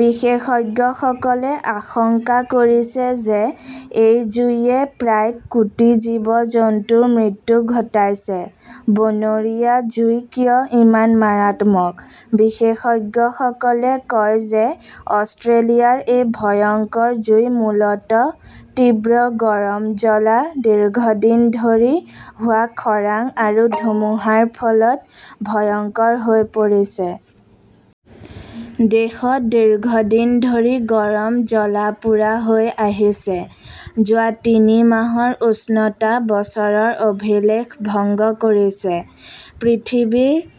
বিশেষজ্ঞসকলে আশংকা কৰিছে যে এই জুইয়ে প্ৰায় কোটি জীৱ-জন্তুৰ মৃত্যু ঘটাইছে। বনৰীয়া জুই কিয় ইমান মাৰাত্মক? বিশেষজ্ঞসকলে কয় যে অষ্ট্ৰেলিয়াৰ এই ভয়ংকৰ জুই মূলতঃ তীব্ৰ গৰম জ্বলা, দীৰ্ঘদিন ধৰি হোৱা খৰাং আৰু ধুমুহাৰ ফলত ভয়ংকৰ হৈ পৰিছে। দেশত দীৰ্ঘদিন ধৰি গৰম জ্বলা-পোৰা হৈ আহিছে। যোৱা তিনি মাহৰ উষ্ণতা বছৰৰ অভিলেখ ভংগ কৰিছে। পৃথিৱীৰ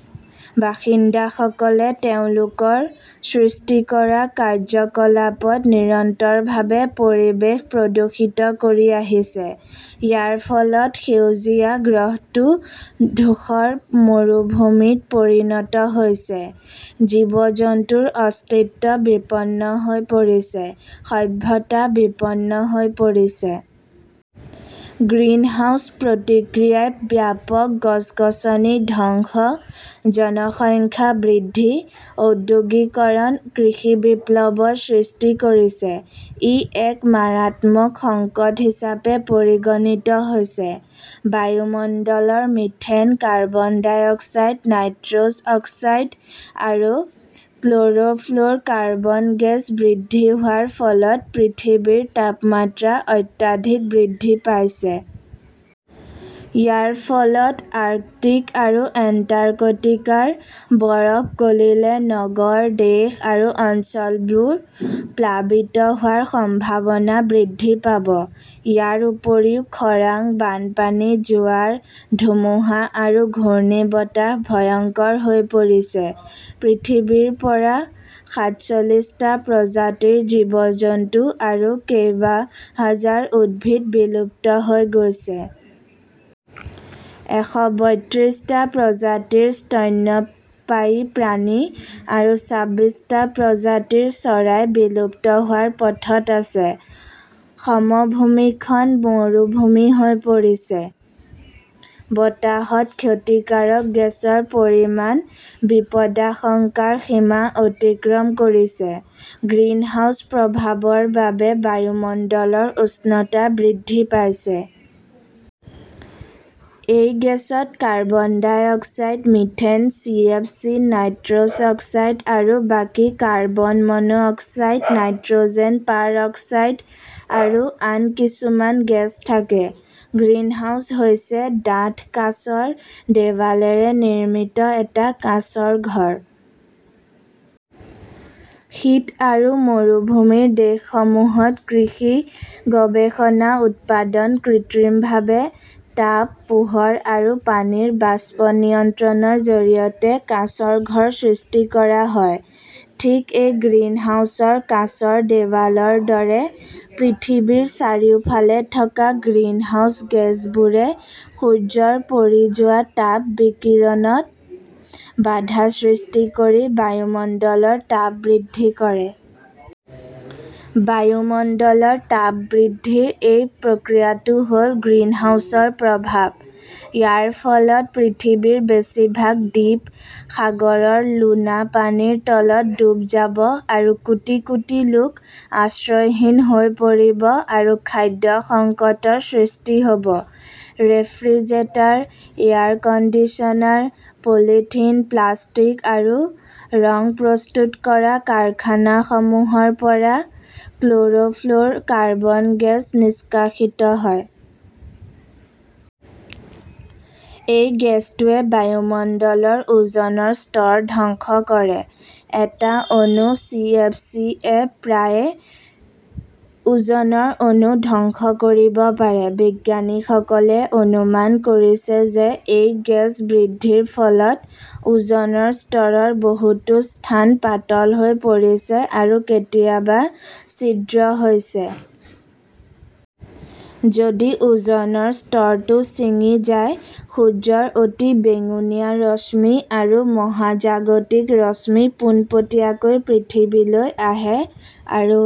বাসিন্দাসকলে তেওঁলোকৰ সৃষ্টি কৰা কাৰ্যকলাপত নিৰন্তৰভাৱে পৰিৱেশ প্ৰদূষিত কৰি আহিছে। ইয়াৰ ফলত সেউজীয়া গ্ৰহটো ধূসৰ মৰুভূমিত পৰিণত হৈছে, জীৱ-জন্তুৰ অস্তিত্ব বিপন্ন হৈ পৰিছে, সভ্যতা বিপন্ন হৈ পৰিছে। গ্ৰীণহাউছ প্ৰতিক্ৰিয়াই ব্যাপক গছ-গছনি ধ্বংস, জনসংখ্যা বৃদ্ধি, ঔদ্যোগিকৰণ, কৃষি বিপ্লৱৰ সৃষ্টি কৰিছে। ই এক মাৰাত্মক সংকট হিচাপে পৰিগণিত হৈছে। বায়ুমণ্ডলৰ methane, carbon dioxide, nitrous oxide আৰু ক্ল'ৰ'ফ্ল'ৰ কাৰ্বন গেছ বৃদ্ধি হোৱাৰ ফলত পৃথিৱীৰ তাপমাত্ৰা অত্যাধিক বৃদ্ধি পাইছে। ইয়াৰ ফলত আৰ্কটিক আৰু এণ্টাৰ্কটিকাৰ বৰফ গলিলে নগৰ, দেশ আৰু অঞ্চলবোৰ প্লাবিত হোৱাৰ সম্ভাৱনা বৃদ্ধি পাব ।ইয়াৰ উপৰিও খৰাং, বানপানী, জোৱাৰ, ধুমুহা আৰু ঘূৰ্ণীবতাহ ভয়ংকৰ হৈ পৰিছে। পৃথিৱীৰ পৰা সাত চল্লিশটা প্ৰজাতিৰ জীৱ-জন্তু আৰু কেইবা হাজাৰ উদ্ভিদ বিলুপ্ত হৈ গৈছে। এশ বত্ৰিশ টা প্ৰজাতিৰ স্তন্যপায়ী প্ৰাণী আৰু ছাব্বিশটা প্ৰজাতিৰ চৰাই বিলুপ্ত হোৱাৰ পথত আছে। সমভূমিখন মৰুভূমি হৈ পৰিছে, বতাহত ক্ষতিকাৰক গেছৰ পৰিমাণ বিপদাশংকাৰ সীমা অতিক্ৰম কৰিছে। গ্ৰীণহাউছ প্ৰভাৱৰ বাবে বায়ুমণ্ডলৰ উষ্ণতা বৃদ্ধি পাইছে। এই গেছত carbon dioxide, methane, C. F. C. Nitrous oxide আৰু বাকী carbon monoxide, nitrogen peroxide আৰু আন কিছুমান গেছ থাকে। গ্ৰীণহাউছ হৈছে ডাঠ কাঁচৰ দেৱালেৰে নিৰ্মিত এটা কাঁচৰ ঘৰ। শীত আৰু মৰুভূমিৰ দেশসমূহত কৃষি গৱেষণা উৎপাদন কৃত্ৰিমভাৱে তাপ, পোহৰ আৰু পানীৰ বাষ্প নিয়ন্ত্ৰণৰ জৰিয়তে কাঁচৰ ঘৰ সৃষ্টি কৰা হয়। ঠিক এই গ্ৰীণহাউছৰ কাঁচৰ দেৱালৰ দৰে পৃথিৱীৰ চাৰিওফালে থকা গ্ৰীণহাউছ গেছবোৰে সূৰ্যৰ পৰি যোৱা তাপ বিকিৰণত বাধা সৃষ্টি কৰি বায়ুমণ্ডলৰ তাপ বৃদ্ধি কৰে। বায়ুমণ্ডলৰ তাপ বৃদ্ধিৰ এই প্ৰক্ৰিয়াটো হ'ল গ্ৰীণহাউছৰ প্ৰভাৱ। ইয়াৰ ফলত পৃথিৱীৰ বেছিভাগ দ্বীপ সাগৰৰ লোণা পানীৰ তলত ডুব যাব আৰু কোটি কোটি লোক আশ্ৰয়হীন হৈ পৰিব আৰু খাদ্য সংকটৰ সৃষ্টি হ'ব। Refrigerator, air conditioner, polythene, plastic আৰু ৰং প্ৰস্তুত কৰা কাৰখানাসমূহৰ পৰা ক্ল'ৰ'ফ্ল'ৰ কাৰ্বন গেছ নিষ্কাশিত হয়। এই গেছটোৱে বায়ুমণ্ডলৰ ওজনৰ স্তৰ ধ্বংস কৰে। এটা অণু চি. এফ. চি. য়ে প্ৰায় ওজনৰ অণু ধ্বংস কৰিব পাৰে। বিজ্ঞানীসকলে অনুমান কৰিছে যে এই গেছ বৃদ্ধিৰ ফলত ওজনৰ স্তৰৰ বহুতো স্থান পাতল হৈ পৰিছে আৰু কেতিয়াবা ছিদ্ৰ হৈছে। যদি ওজনৰ স্তৰটো ছিঙি যায়, সূৰ্যৰ অতি বেঙুনীয়া ৰশ্মি আৰু মহাজাগতিক ৰশ্মি পোনপটীয়াকৈ পৃথিৱীলৈ আহে আৰু